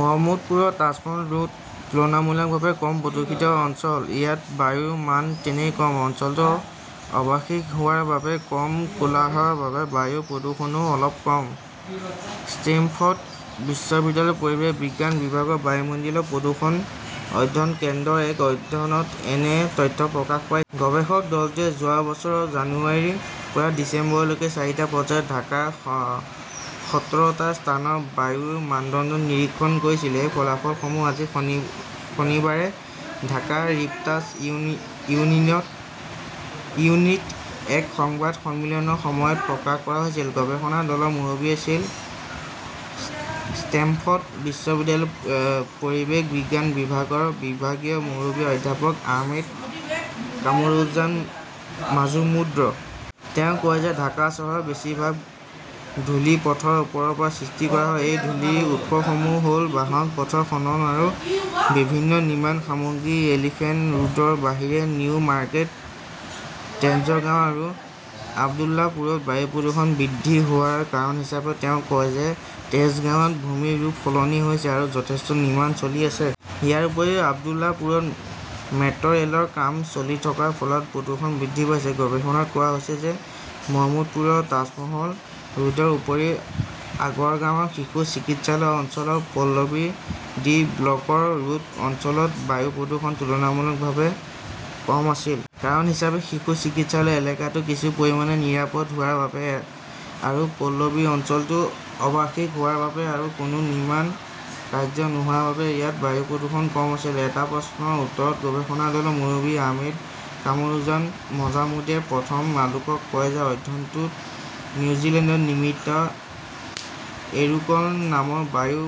মহম্মদপুৰৰ Taj Mahal road তুলনামূলকভাৱে কম প্ৰদূষিত অঞ্চল। ইয়াত বায়ুৰ মান তেনেই কম। অঞ্চলটো আৱাসিক হোৱাৰ বাবে, কম কোলাহলৰ বাবে বায়ু প্ৰদূষণও অলপ কম। ষ্টেমফৰ্ড বিশ্ববিদ্যালয়ৰ পৰিৱেশ বিজ্ঞান বিভাগৰ বায়ুমণ্ডলীয় প্ৰদূষণ অধ্যয়ন কেন্দ্ৰৰ এক অধ্যয়নত এনে তথ্য প্ৰকাশ পাইছে। গৱেষক দলটোৱে যোৱা বছৰৰ জানুৱাৰীৰ পৰা ডিচেম্বৰলৈকে চাৰিটা পৰ্যায়ত ঢাকাৰ সত্তৰটা স্থানৰ বায়ুৰ মানদণ্ড নিৰীক্ষণ কৰিছিল। এই ফলাফলসমূহ আজি শনিবাৰে ঢাকা ৰিপৰ্টাছ ইউনিটীত এক সংবাদ সন্মিলনৰ সময়ত প্ৰকাশ কৰা হৈছিল। গৱেষণা দলৰ মুৰব্বী আছিল ষ্টেমফৰ্ড বিশ্ববিদ্যালয়ৰ পৰিৱেশ বিজ্ঞান বিভাগৰ বিভাগীয় মুৰব্বী অধ্যাপক আহমেদ কামৰুজান মাজমুদ্ৰ। তেওঁ কয় যে ঢাকা চহৰৰ বেছিভাগ ধূলি পথৰ ওপৰৰ পৰা সৃষ্টি কৰা হয়। এই ধূলিৰ উৎসসমূহ হ'ল বাহন, পথৰ খনন আৰু বিভিন্ন নিৰ্মাণ সামগ্ৰী। এলিফেণ্ট ৰোডৰ বাহিৰে নিউ মাৰ্কেট, তেঞ্জগাও আৰু আব্দুল্লাহপুৰত বায়ু প্ৰদূষণ বৃদ্ধি হোৱাৰ কাৰণ হিচাপে তেওঁ কয় যে তেজগাঁৱত ভূমিৰ ৰূপ সলনি হৈছে আৰু যথেষ্ট নিৰ্মাণ চলি আছে। ইয়াৰ উপৰি আব্দুল্লাপুৰত মেট্ৰ'ৰেলৰ কাম চলি থকাৰ ফলত প্ৰদূষণ বৃদ্ধি পাইছে। গৱেষণাত কোৱা হৈছে যে মহম্মদপুৰৰ তাজমহল ৰোডৰ উপৰি আগৰগাঁৱৰ শিশু চিকিৎসালয় অঞ্চল আৰু পল্লবীৰ ডি ব্লকৰ ৰোড অঞ্চলত বায়ু প্ৰদূষণ তুলনামূলকভাৱে কম আছিল। কাৰণ হিচাপে, শিশু চিকিৎসালয়ৰ এলেকাটো কিছু পৰিমাণে নিৰাপদ হোৱাৰ বাবে আৰু পল্লবীৰ অঞ্চলটো আৱাসিক হোৱাৰ বাবে আৰু কোনো নিৰ্মাণ কাৰ্য নোহোৱাৰ বাবে ইয়াত বায়ু প্ৰদূষণ কম আছিল। এটা প্ৰশ্নৰ উত্তৰত গৱেষণা দলৰ মুৰব্বী আহমেদ কামৰুজান মজামুদ্ৰে প্ৰথম আলোকক কয় যে অধ্যয়নটোত নিউজিলেণ্ডত নিৰ্মিত "এৰোকল" নামৰ বায়ু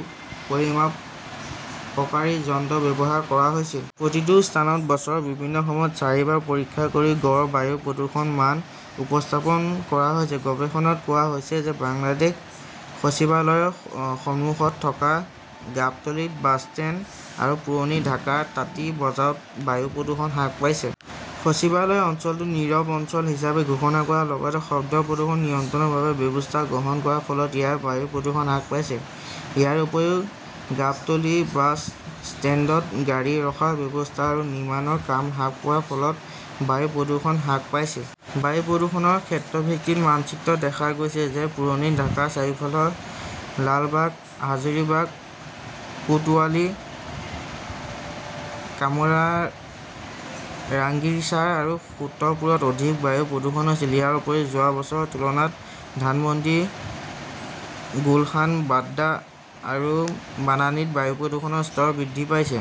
পৰিমাপকাৰী যন্ত্ৰ ব্যৱহাৰ কৰা হৈছিল। প্ৰতিটো স্থানত বছৰৰ বিভিন্ন সময়ত চাৰিবাৰ পৰীক্ষা কৰি গড় বায়ু প্ৰদূষণৰ মান উপস্থাপন কৰা হৈছে। গৱেষণাত কোৱা হৈছে যে বাংলাদেশ সচিবালয়ৰ সন্মুখত থকা গাবটলি বাছষ্টেণ্ড আৰু পুৰণি ঢাকাৰ তাঁতী বজাৰত বায়ু প্ৰদূষণ হ্ৰাস পাইছে। সচিবালয়ে অঞ্চলটো নীৰৱ অঞ্চল হিচাপে ঘোষণা কৰাৰ লগতে শব্দ প্ৰদূষণ নিয়ন্ত্ৰণৰ বাবে ব্যৱস্থা গ্ৰহণ কৰাৰ ফলত ইয়াৰ বায়ু প্ৰদূষণ হ্ৰাস পাইছে। ইয়াৰ উপৰি গাবটলি বাছ ষ্টেণ্ডত গাড়ী ৰখাৰ ব্যৱস্থা আৰু নিৰ্মাণৰ কাম হ্ৰাস পোৱাৰ ফলত বায়ু প্ৰদূষণ হ্ৰাস পাইছে। বায়ু প্ৰদূষণৰ ক্ষেত্ৰভিত্তিক মানচিত্ৰত দেখা গৈছে যে পুৰণি ঢাকাৰ চাৰিওফালৰ লালবাগ, হাজৰিবাগ, কোটৱালী, কামৰাংগীৰচাৰ আৰু সূত্ৰপুৰত অধিক বায়ু প্ৰদূষণ হৈছিল। ইয়াৰ উপৰি, যোৱা বছৰৰ তুলনাত ধানমণ্ডি, গুলশান, বাড্ডা আৰু বানানিত বায়ু প্ৰদূষণৰ স্তৰ বৃদ্ধি পাইছে।